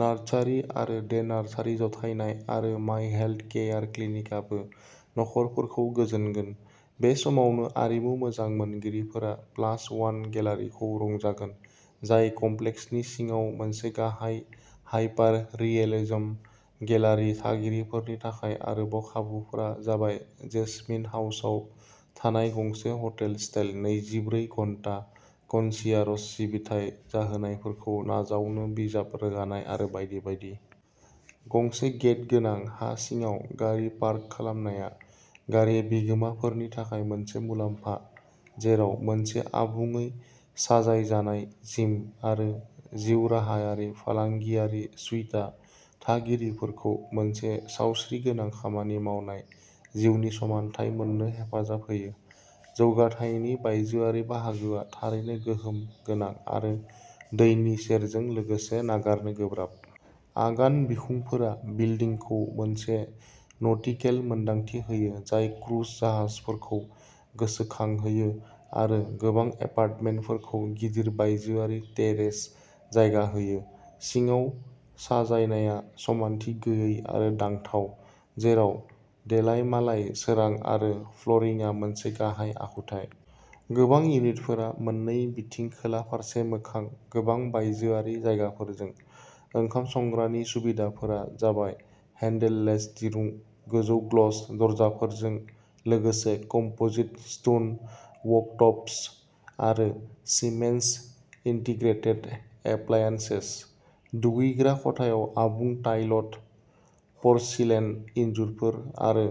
Nursery आरो day nursery जथायनाय आरो मायहेल्थ केयार क्लिनिकआबो नखरफोरखौ गोजोनगोन। बे समावनो आरिमु मोजां मोनगिरिफोरा प्लास वान गेलारिखौ रंजागोन। जाय कमप्लेक्सनि सिङाव मोनसे गाहाय हायपाररियेलिजम गेलारि थागिरिफोरनि थाखाय आरोबाव खाबुफोरा जाबाय जेसमिन हाउसआव थानाय गंसे हटेल स्टाइल नैजिब्रै घन्टा कनसियारज सिबिथाइ जाहोनायफोरखौ नाजावनो बिजाब रोगानाय आरो बायदि बायदि। गंसे गेट गोनां हा सिङाव गारि पार्क खालामनाया गारि बिगोमाफोरनि थाखाय मोनसे मुलाम्फा जेराव मोनसे आबुङै साजायजानाय जिम आरो जिउराहायारि फालांगियारि सुइटआ थागिरिफोरखौ मोनसे सावस्रिगोनां खामानि मावनाय जिउनि समानथाय मोननो हेफाजाब होयो। जौगाथायनि बायजोआरि बाहागोआ थारैनो गोहोम गोनां आरो दैनि सेरजों लोगोसे नागारनो गोब्राब। आगान बिखुंफोरा बिल्दिंखौ मोनसे नटिकेल मोनदांथि होयो जाय क्रुज जाहाजफोरखौ गोसोखांहोयो आरो गोबां एपार्टमेन्टफोरखौ गिदिर बायजोआरि टेरेस जायगा होयो। सिङाव साजायनाया समानथि गैयै आरो दांथाव। जेराव देलायमालाय सोरां आरो फ्लरिंआ मोनसे गाहाय आखुथाय। गोबां इउनिटफोरा मोननै बिथिं खोला फारसे मोखां गोबां बायजोआरि जायगाफोरजों। ओंखाम संग्रानि सुबिदाफोरा जाबाय हेन्डेललेस दिरुं गोजौ ग्लस दरजाफोरजों लोगोसे कम्पोजिट स्टोन वर्कटप्स आरो सीमेन्स इन्टिग्रेटेड एप्लायनसेस। दुगैग्रा खथायाव आबुं टाइलड परसिलेन इनजुरफोर आरो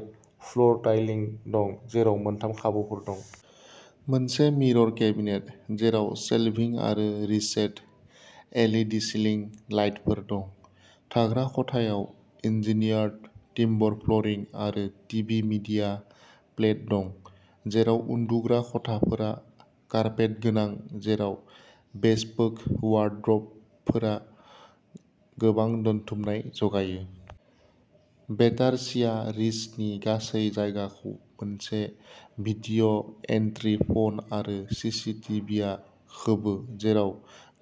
फ्लर टाइलिंग दं जेराव मोनथाम खाबुफोर दं। मोनसे मिरर केबिनेट जेराव शेलभिं आरो recessed L E D ceiling लाइटफोर दं। थाग्रा खथायाव इन्जिनियार्ड टिम्बर फ्लरिं आरो टिभि मीडिया प्लेट दं। जेराव उन्दुग्रा खथाफोरा कारपेट गोनां जेराव बेसपोक वार्ड्रबफोरा गोबां दोनथुमनाय जगायो। बेटारसिया रीचनि गासै जायगाखौ मोनसे भिडिय'एन्ट्रि फन आरो सि सि टि भि आ खोबो जेराव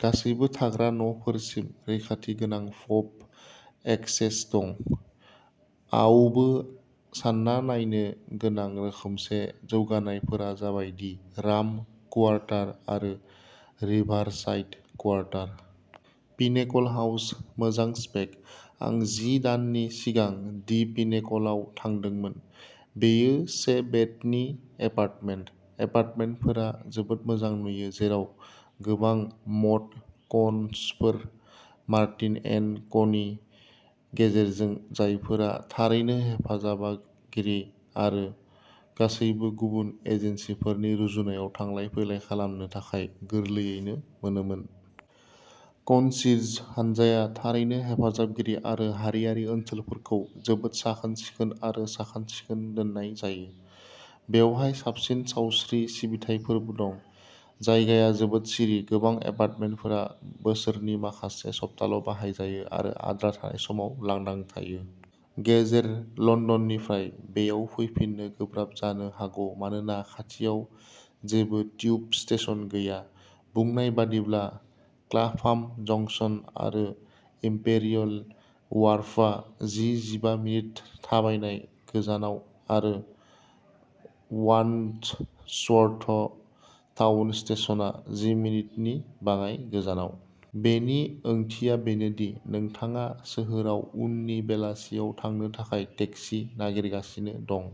गासैबो थाग्रा नफोरसिम रैखाथि गोनां फब एक्सेस दं। आवबो सानना नायनो गोनां रोखोमसे जौगानायफोरा जाबाय दि राम कुवारटार आरो रिभारसाइड कुवारटार। पिनेकल हाउस मोजां स्पेक। आं जि दाननि सिगां दि पिनेकल आव थांदोंमोन। बेयो से बेडनि एपार्टमेन्ट। एपार्टमेन्टफोरा जोबोद मोजां नुयो जेराव गोबां मड कनसफोर मार्टिन एन्ड कनि गेजेरजों जायफोरा थारैनो हेफाजाबगिरि आरो गासैबो गुबुन एजेन्सिफोरनि रुजुनायाव थांलाय फैलाय खालामनो थाखाय गोरलैयैनो मोनोमोन। कन्सिर्ज हान्जाया थारैनो हेफाजाबगिरि आरो हारियारि ओनसोलफोरखौ जोबोद साखोन-सिखोन आरो साखोन-सिखोन दोननाय जायो। बेवहाय साबसिन सावस्रि सिबिथाइफोरबो दं। जायगाया जोबोद सिरि गोबां एपार्टमेन्टफोरा बोसोरनि माखासे सप्ताल' बाहाय जायो आरो आद्रा थानाय समाव लांदां थायो। गेजेर लन्दननिफ्राय बेयाव फैफिननो गोब्राब जानो हागौ मानोना खाथियाव जेबो टिउब स्टेशन गैया। बुंनाय बादिब्ला क्लाफाम जंक्शन आरो इम्पेरियेल वार्फआ जि जिबा मिनिट थाबायनाय गोजानाव आरो वानडसवर्थ टाउन स्टेशनआ जि मिनिटनि बाङाय गोजानाव। बेनि ओंथिया बेनोदि नोंथाङा सोहोराव उननि बेलासियाव थांनो थाखाय टेक्सि नागिरगासिनो दं।